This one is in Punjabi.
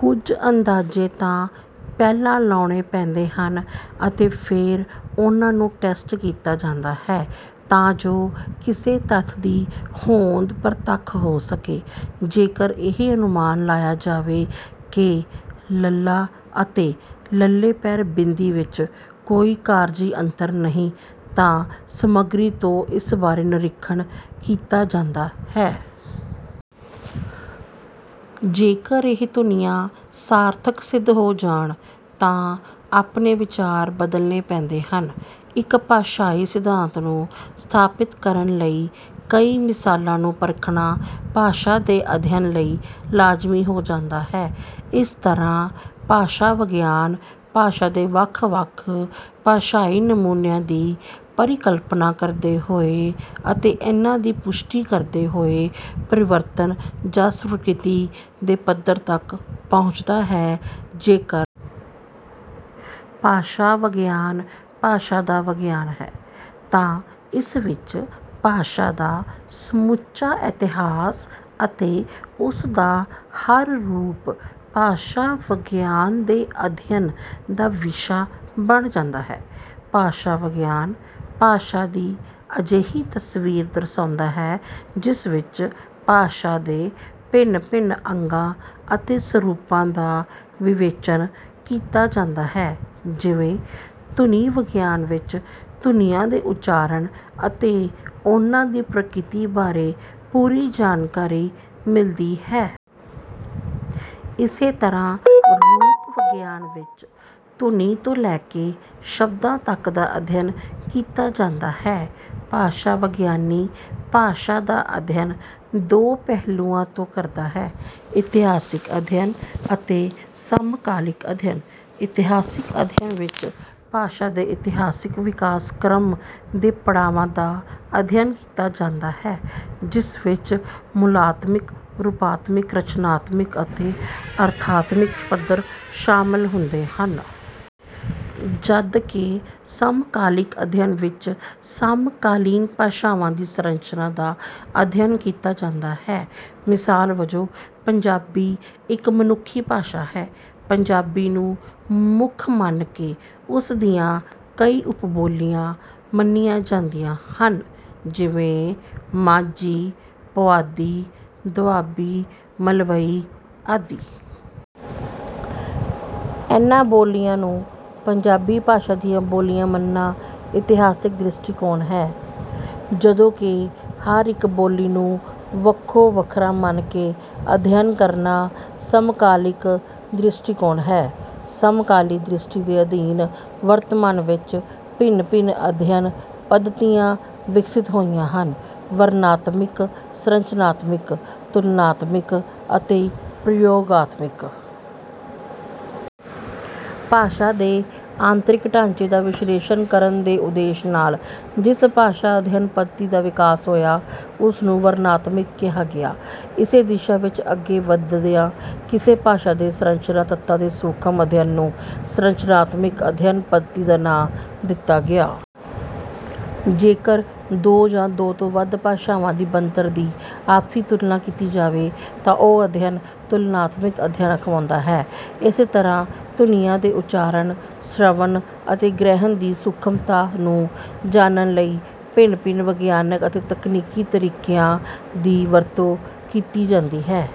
ਕੁਝ ਅੰਦਾਜ਼ੇ ਤਾਂ ਪਹਿਲਾਂ ਲਾਉਣੇ ਪੈਂਦੇ ਹਨ ਅਤੇ ਫੇਰ ਉਹਨਾਂ ਨੂੰ ਟੈਸਟ ਕੀਤਾ ਜਾਂਦਾ ਹੈ, ਤਾਂ ਜੋ ਕਿਸੇ ਤੱਥ ਦੀ ਹੋਂਦ ਪ੍ਰਤੱਖ ਹੋ ਸਕੇ। ਜੇਕਰ ਇਹ ਅਨੁਮਾਨ ਲਾਇਆ ਜਾਵੇ ਕਿ 'ਲ' ਅਤੇ 'ਲ਼' ਵਿੱਚ ਕੋਈ ਕਾਰਜੀ ਅੰਤਰ ਨਹੀਂ, ਤਾਂ ਸਮਗਰੀ ਤੋਂ ਇਸ ਬਾਰੇ ਨਿਰੀਖਣ ਕੀਤਾ ਜਾਂਦਾ ਹੈ। ਜੇਕਰ ਇਹ ਧੁਨੀਆਂ ਸਾਰਥਕ ਸਿੱਧ ਹੋ ਜਾਣ, ਤਾਂ ਆਪਣੇ ਵਿਚਾਰ ਬਦਲਣੇ ਪੈਂਦੇ ਹਨ। ਇੱਕ ਭਾਸ਼ਾਈ ਸਿਧਾਂਤ ਨੂੰ ਸਥਾਪਿਤ ਕਰਨ ਲਈ ਕਈ ਮਿਸਾਲਾਂ ਨੂੰ ਪਰਖਣਾ ਭਾਸ਼ਾ ਦੇ ਅਧਿਐਨ ਲਈ ਲਾਜ਼ਮੀ ਹੋ ਜਾਂਦਾ ਹੈ। ਇਸ ਤਰ੍ਹਾਂ ਭਾਸ਼ਾ-ਵਿਗਿਆਨ, ਭਾਸ਼ਾ ਦੇ ਵੱਖ-ਵੱਖ ਭਾਸ਼ਾਈ ਨਮੂਨਿਆਂ ਦੀ ਪਰਿਕਲਪਨਾ ਕਰਦੇ ਹੋਏ ਅਤੇ ਇਹਨਾਂ ਦੀ ਪੁਸ਼ਟੀ ਕਰਦੇ ਹੋਏ, ਪਰਿਵਰਤਨ ਜਾਂ ਸਵੀਕ੍ਰਿਤੀ ਦੇ ਪੱਧਰ ਤੱਕ ਪਹੁੰਚਦਾ ਹੈ। ਜੇਕਰ ਭਾਸ਼ਾ-ਵਿਗਿਆਨ ਭਾਸ਼ਾ ਦਾ ਵਿਗਿਆਨ ਹੈ, ਤਾਂ ਇਸ ਵਿੱਚ ਭਾਸ਼ਾ ਦਾ ਸਮੁੱਚਾ ਇਤਿਹਾਸ ਅਤੇ ਉਸ ਦਾ ਹਰ ਰੂਪ ਭਾਸ਼ਾ-ਵਿਗਿਆਨ ਦੇ ਅਧਿਐਨ ਦਾ ਵਿਸ਼ਾ ਬਣ ਜਾਂਦਾ ਹੈ। ਭਾਸ਼ਾ-ਵਿਗਿਆਨ, ਭਾਸ਼ਾ ਦੀ ਅਜਿਹੀ ਤਸਵੀਰ ਦਰਸਾਉਂਦਾ ਹੈ ਜਿਸ ਵਿੱਚ ਭਾਸ਼ਾ ਦੇ ਭਿੰਨ-ਭਿੰਨ ਅੰਗਾਂ ਅਤੇ ਸਰੂਪਾਂ ਦਾ ਵਿਵੇਚਨ ਕੀਤਾ ਜਾਂਦਾ ਹੈ; ਜਿਵੇਂ ਧੁਨੀ-ਵਿਗਿਆਨ ਵਿੱਚ ਧੁਨੀਆਂ ਦੇ ਉਚਾਰਨ ਅਤੇ ਉਹਨਾਂ ਦੀ ਪ੍ਰਕਿਰਤੀ ਬਾਰੇ ਪੂਰੀ ਜਾਣਕਾਰੀ ਮਿਲਦੀ ਹੈ। ਇਸੇ ਤਰ੍ਹਾਂ ਰੂਪ-ਵਿਗਿਆਨ ਵਿੱਚ ਧੁਨੀ ਤੋਂ ਲੈ ਕੇ ਸ਼ਬਦਾਂ ਤੱਕ ਦਾ ਅਧਿਐਨ ਕੀਤਾ ਜਾਂਦਾ ਹੈ। ਭਾਸ਼ਾ-ਵਿਗਿਆਨੀ ਭਾਸ਼ਾ ਦਾ ਅਧਿਐਨ ਦੋ ਪਹਿਲੂਆਂ ਤੋਂ ਕਰਦਾ ਹੈ: ਇਤਿਹਾਸਿਕ ਅਧਿਐਨ ਅਤੇ ਸਮਕਾਲਿਕ ਅਧਿਐਨ। ਇਤਿਹਾਸਿਕ ਅਧਿਐਨ ਵਿੱਚ ਭਾਸ਼ਾ ਦੇ ਇਤਿਹਾਸਿਕ ਵਿਕਾਸ ਕ੍ਰਮ ਦੇ ਪੜਾਵਾਂ ਦਾ ਅਧਿਐਨ ਕੀਤਾ ਜਾਂਦਾ ਹੈ, ਜਿਸ ਵਿੱਚ ਮੂਲਾਤਮਿਕ, ਰੂਪਾਤਮਿਕ, ਰਚਨਾਤਮਿਕ ਅਤੇ ਅਰਥਾਤਮਿਕ ਪੱਧਰ ਸ਼ਾਮਲ ਹੁੰਦੇ ਹਨ। ਜਦਕਿ ਸਮਕਾਲਿਕ ਅਧਿਐਨ ਵਿੱਚ ਸਮਕਾਲੀਨ ਭਾਸ਼ਾਵਾਂ ਦੀ ਸੰਰਚਨਾ ਦਾ ਅਧਿਐਨ ਕੀਤਾ ਜਾਂਦਾ ਹੈ। ਮਿਸਾਲ ਵਜੋਂ, ਪੰਜਾਬੀ ਇੱਕ ਮਨੁੱਖੀ ਭਾਸ਼ਾ ਹੈ। ਪੰਜਾਬੀ ਨੂੰ ਮੁੱਖ ਮੰਨ ਕੇ ਉਸ ਦੀਆਂ ਕਈ ਉਪ-ਬੋਲੀਆਂ ਮੰਨੀਆਂ ਜਾਂਦੀਆਂ ਹਨ; ਜਿਵੇਂ—ਮਾਝੀ, ਪੁਆਧੀ, ਦੁਆਬੀ, ਮਲਵਈ ਆਦਿ। ਇਹਨਾਂ ਬੋਲੀਆਂ ਨੂੰ ਪੰਜਾਬੀ ਭਾਸ਼ਾ ਦੀਆਂ ਬੋਲੀਆਂ ਮੰਨਣਾ ਇਤਿਹਾਸਿਕ ਦ੍ਰਿਸ਼ਟੀਕੋਣ ਹੈ, ਜਦੋਂ ਕਿ ਹਰ ਇੱਕ ਬੋਲੀ ਨੂੰ ਵੱਖੋ-ਵੱਖਰਾ ਮੰਨ ਕੇ ਅਧਿਐਨ ਕਰਨਾ ਸਮਕਾਲਿਕ ਦ੍ਰਿਸ਼ਟੀਕੋਣ ਹੈ। ਸਮਕਾਲੀ ਦ੍ਰਿਸ਼ਟੀ ਦੇ ਅਧੀਨ ਵਰਤਮਾਨ ਵਿੱਚ ਭਿੰਨ-ਭਿੰਨ ਅਧਿਐਨ-ਪੱਧਤੀਆਂ ਵਿਕਸਿਤ ਹੋਈਆਂ ਹਨ: ਵਰਣਨਾਤਮਿਕ, ਸੰਰਚਨਾਤਮਿਕ, ਤੁਲਨਾਤਮਿਕ ਅਤੇ ਪ੍ਰਯੋਗਾਤਮਿਕ। ਭਾਸ਼ਾ ਦੇ ਆਂਤਰਿਕ ਢਾਂਚੇ ਦਾ ਵਿਸ਼ਲੇਸ਼ਣ ਕਰਨ ਦੇ ਉਦੇਸ਼ ਨਾਲ ਜਿਸ ਭਾਸ਼ਾ-ਅਧਿਐਨ ਪੱਧਤੀ ਦਾ ਵਿਕਾਸ ਹੋਇਆ, ਉਸ ਨੂੰ 'ਵਰਣਨਾਤਮਿਕ' ਕਿਹਾ ਗਿਆ। ਇਸੇ ਦਿਸ਼ਾ ਵਿੱਚ ਅੱਗੇ ਵਧਦਿਆਂ ਕਿਸੇ ਭਾਸ਼ਾ ਦੇ ਸੰਰਚਨਾ-ਤੱਤਾਂ ਦੇ ਸੂਖ਼ਮ ਅਧਿਐਨ ਨੂੰ 'ਸੰਰਚਨਾਤਮਿਕ ਅਧਿਐਨ ਪੱਧਤੀ' ਦਾ ਨਾਂ ਦਿੱਤਾ ਗਿਆ। ਜੇਕਰ ਦੋ ਜਾਂ ਦੋ ਤੋਂ ਵੱਧ ਭਾਸ਼ਾਵਾਂ ਦੀ ਬਣਤਰ ਦੀ ਆਪਸੀ ਤੁਲਨਾ ਕੀਤੀ ਜਾਵੇ, ਤਾਂ ਉਹ ਅਧਿਐਨ 'ਤੁਲਨਾਤਮਿਕ ਅਧਿਐਨ' ਅਖਵਾਉਂਦਾ ਹੈ। ਇਸੇ ਤਰ੍ਹਾਂ ਧੁਨੀਆਂ ਦੇ ਉਚਾਰਨ, ਸ਼੍ਰਵਣ ਅਤੇ ਗ੍ਰਹਿਣ ਦੀ ਸੂਖ਼ਮਤਾ ਨੂੰ ਜਾਣਨ ਲਈ ਭਿੰਨ-ਭਿੰਨ ਵਿਗਿਆਨਿਕ ਅਤੇ ਤਕਨੀਕੀ ਤਰੀਕਿਆਂ ਦੀ ਵਰਤੋਂ ਕੀਤੀ ਜਾਂਦੀ ਹੈ।